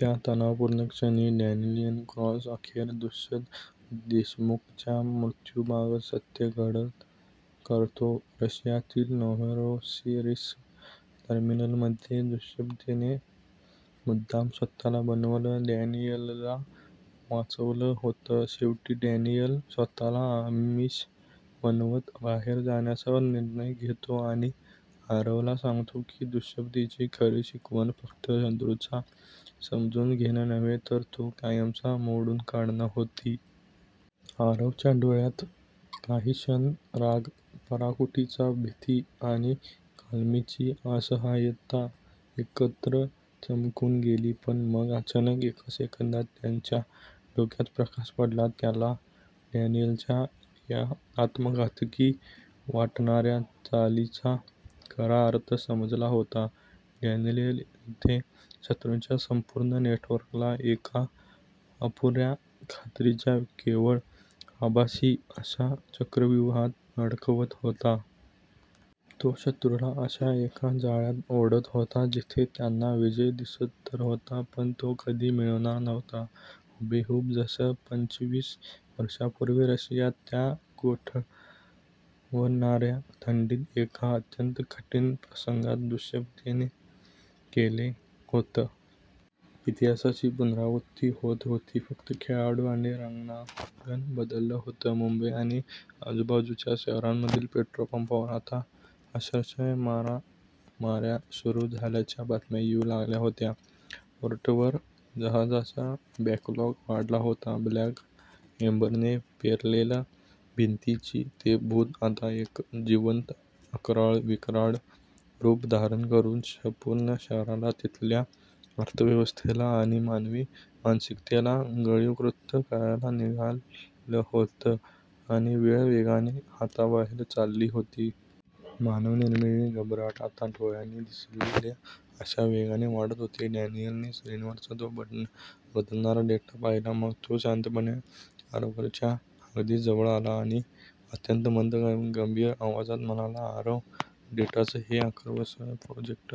त्या तणावपूर्ण क्षणी डॅनियल क्रॉस अखेर दुष्यंत देशमुखच्या मृत्यूमागचं सत्य उघड करतो, रशियातील नोव्होरोसिस्क टर्मिनलमध्ये दुष्यंतने मुद्दाम स्वतःला बनवत डॅनियलला वाचवलं होतं. शेवटी डॅनियल स्वतःला आमिष बनवत बाहेर जाण्याचा निर्णय घेतो आणि आरवला सांगतो की दुष्यंतची खरी शिकवण फक्त शत्रूचा समजून घेणं नव्हे, तर तो कायमचा मोडून काढणं होती. आरवच्या डोळ्यांत काही क्षण राग, पराकोटीची भीती आणि कमालीची असहायता एकत्र चमकून गेली. पण मग अचानक, एका सेकंदात त्याच्या डोक्यात प्रकाश पडला. त्याला डॅनियलच्या या आत्मघातकी वाटणाऱ्या चालीचा खरा अर्थ समजला होता. डॅनियल इथे शत्रूच्या संपूर्ण नेटवर्कला एका अपुऱ्या खात्रीच्या, केवळ आभासी अशा चक्रव्यूहात अडकवत होता. तो शत्रूला अशा एका जाळ्यात ओढत होता, जिथे त्यांना विजय दिसत तर होता, पण तो कधीच मिळणार नव्हता. हुबेहूब जसं पंचवीस वर्षांपूर्वी रशियाच्या त्या गोठवणाऱ्या थंडीत, एका अत्यंत कठीण प्रसंगात दुष्यंतने केलं होतं! इतिहासाची पुनरावृत्ती होत होती, फक्त खेळाडू आणि रणांगण बदललं होतं. मुंबई आणि आजूबाजूच्या शहरांमधील पेट्रोल पंपांवर आता अक्षरशः मारामार्या सुरू झाल्याच्या बातम्या येऊ लागल्या होत्या. पोर्टवर जहाजांचा बॅकलॉग वाढला होता. ब्लॅक एम्बरने पेरलेलं भीतीचं ते भूत आता एक जिवंत, अक्राळविक्राळ रूप धारण करून संपूर्ण शहराला, तिथल्या अर्थव्यवस्थेला आणि मानवी मानसिकतेला गिळंकृत करायला निघालं होतं आणि वेळ वेगाने हाताबाहेर चालली होती. मानवनिर्मित घबराट आता डोळ्यांना दिसेल अशा वेगाने वाढत होती. डॅनियलने स्क्रीनवरचा तो बदलणारा डेटा पाहिला. मग तो शांतपणे आरवच्या अगदी जवळ आला आणि अत्यंत मंद, गंभीर आवाजात म्हणाला, "आरव डेटाचं हे आर्काइव्ह प्रोटेक्ट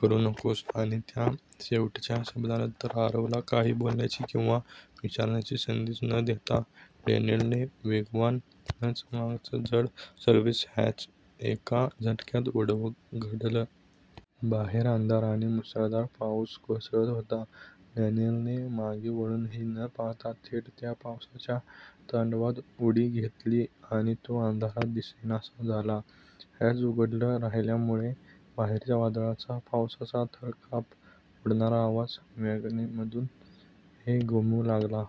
करू नकोस " आणि त्या शेवटच्या शब्दांनंतर, आरवला काही बोलण्याची किंवा विचारण्याची संधीच न देता, डॅनियलने वॅगनचं मागचं जड सर्व्हिस हॅच एका झटक्यात उघडलं. बाहेर अंधार आणि मुसळधार पाऊस कोसळत होता. डॅनियलने मागे वळूनही न पाहता थेट त्या पावसाच्या तांडवात उडी घेतली आणि तो अंधारात दिसेनासा झाला. हॅच उघडं राहिल्यामुळे बाहेरच्या वादळाचा, पावसाचा थरकाप उडवणारा आवाज वॅगनमध्ये घुमू लागला.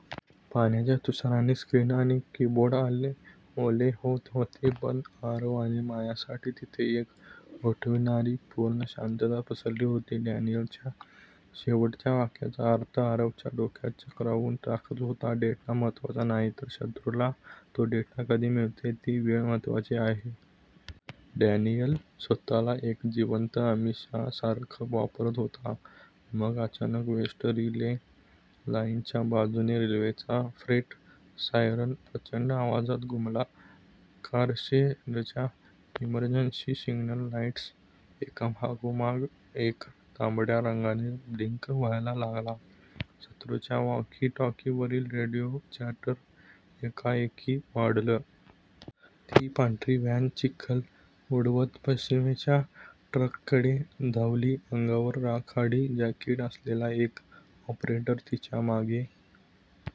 पाण्याच्या तुषारांनी स्क्रीन आणि कीबोर्ड ओले होत होते. पण आरव आणि मायासाठी तिथे एक गोठवणारी, पूर्ण शांतता पसरली होती. डॅनियलच्या शेवटच्या वाक्याचा अर्थ आरवच्या डोक्यात चक्रावून टाकत होता. डेटा महत्त्वाचा नाही, तर शत्रूला तो डेटा कधी मिळतोय ती वेळ महत्त्वाची आहे! डॅनियल स्वतःला एका जिवंत आमिषासारखं वापरत होता. मग अचानक वेस्ट रिले लाईनच्या बाजूने रेल्वेचा फ्रेट सायरन प्रचंड आवाजात घुमला. कारशेडच्या इमर्जन्सी सिग्नल लाईट्स एकामागोमाग एक तांबड्या रंगाने ब्लिंक व्हायला लागल्या. शत्रूच्या वॉकी-टॉकीवरील रेडिओ चॅटर एकाएकी वाढलं. ती पांढरी व्हॅन चिखल उडवत पश्चिमेच्या ट्रॅककडे धावली. अंगावर राखाडी जॅकेट असलेला एक ऑपरेटर तिच्या मागे